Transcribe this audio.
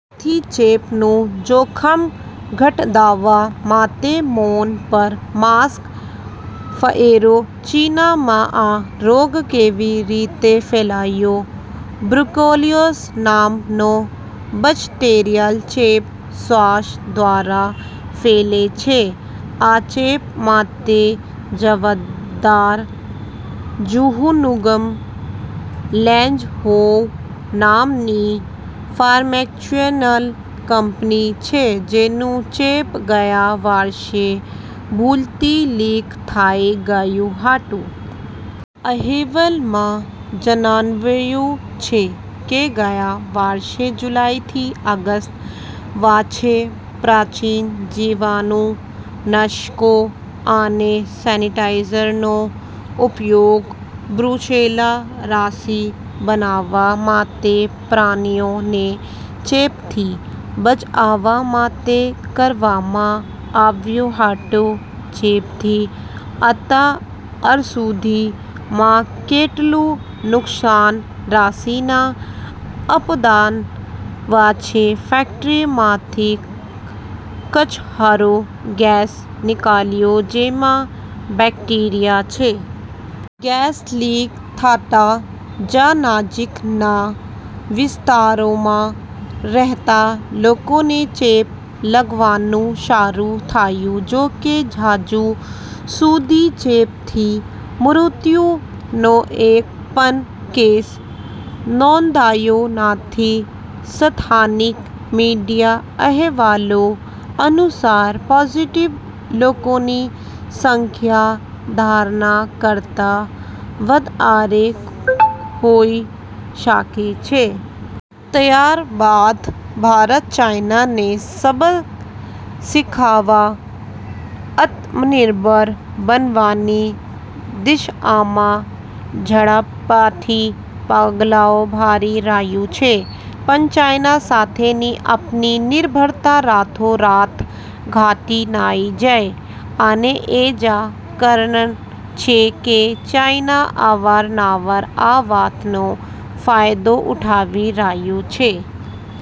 તેથી, ચેપનું જોખમ ઘટાડવા માટે, મોં પર માસ્ક પહેરો. ચીનમાં આ રોગ કેવી રીતે ફેલાયો? બ્રુસેલોસિસ નામનો બેક્ટેરિયલ ચેપ શ્વાસ દ્વારા ફેલાય છે. આ ચેપ માટે જવાબદાર ોંગ્મુ લ ન્ઝો નામની ફાર્માસ્યુટિકલ કંપની છે, જેનું ચેપ ગયા વર્ષે ભૂલથી લિક થઈ ગયું હતું. અહેવાલમાં જણાવાયું છે કે ગયા વર્ષે જુલાઈથી ઓગસ્ટની વચ્ચે પ્રાચીન જીવાણુનાશકો અને સેનિટાઇઝર્સનો ઉપયોગ બ્રુસેલા રસી બનાવવા માટે પ્રાણીઓને ચેપથી બચાવવા માટે કરવામાં આવ્યો હતો. ચેપથી અત્યાર સુધીમાં કેટલું નુકસાન? રસીના ઉત્પાદન વચ્ચે ફેક્ટરીમાંથી કચરો ગેસ નીકળ્યો, જેમાં બેક્ટેરિયા છે. ગેસ લીક થતાં જ નજીકના વિસ્તારોમાં રહેતા લોકોને ચેપ લાગવાનું શરૂ થયું. જો કે, હજી સુધી ચેપ મૃત્યુનો એક પણ કેસ નોંધાયેલો નથી. સ્થાનિક મીડિયા અહેવાલો અનુસાર, સકારાત્મક લોકોની સંખ્યા ધારણા કરતા વધારે હોઈ શકે છે. ત્યાર બાદ ભારત ચીનને સબક શીખવાડવા આત્મનિર્ભર બનવાની દિશામાં ઝડપથી પગલાંઓ ભરી રહ્યું છે. પણ ચીન સાથેની આપણી નિર્ભરતા રાતોરાત ઘટી નહીં જાય. અને એ જ કારણ છે કે, ચીન અવારનવાર આ વાતનો ફાયદો ઉઠાવી રહ્યું છે.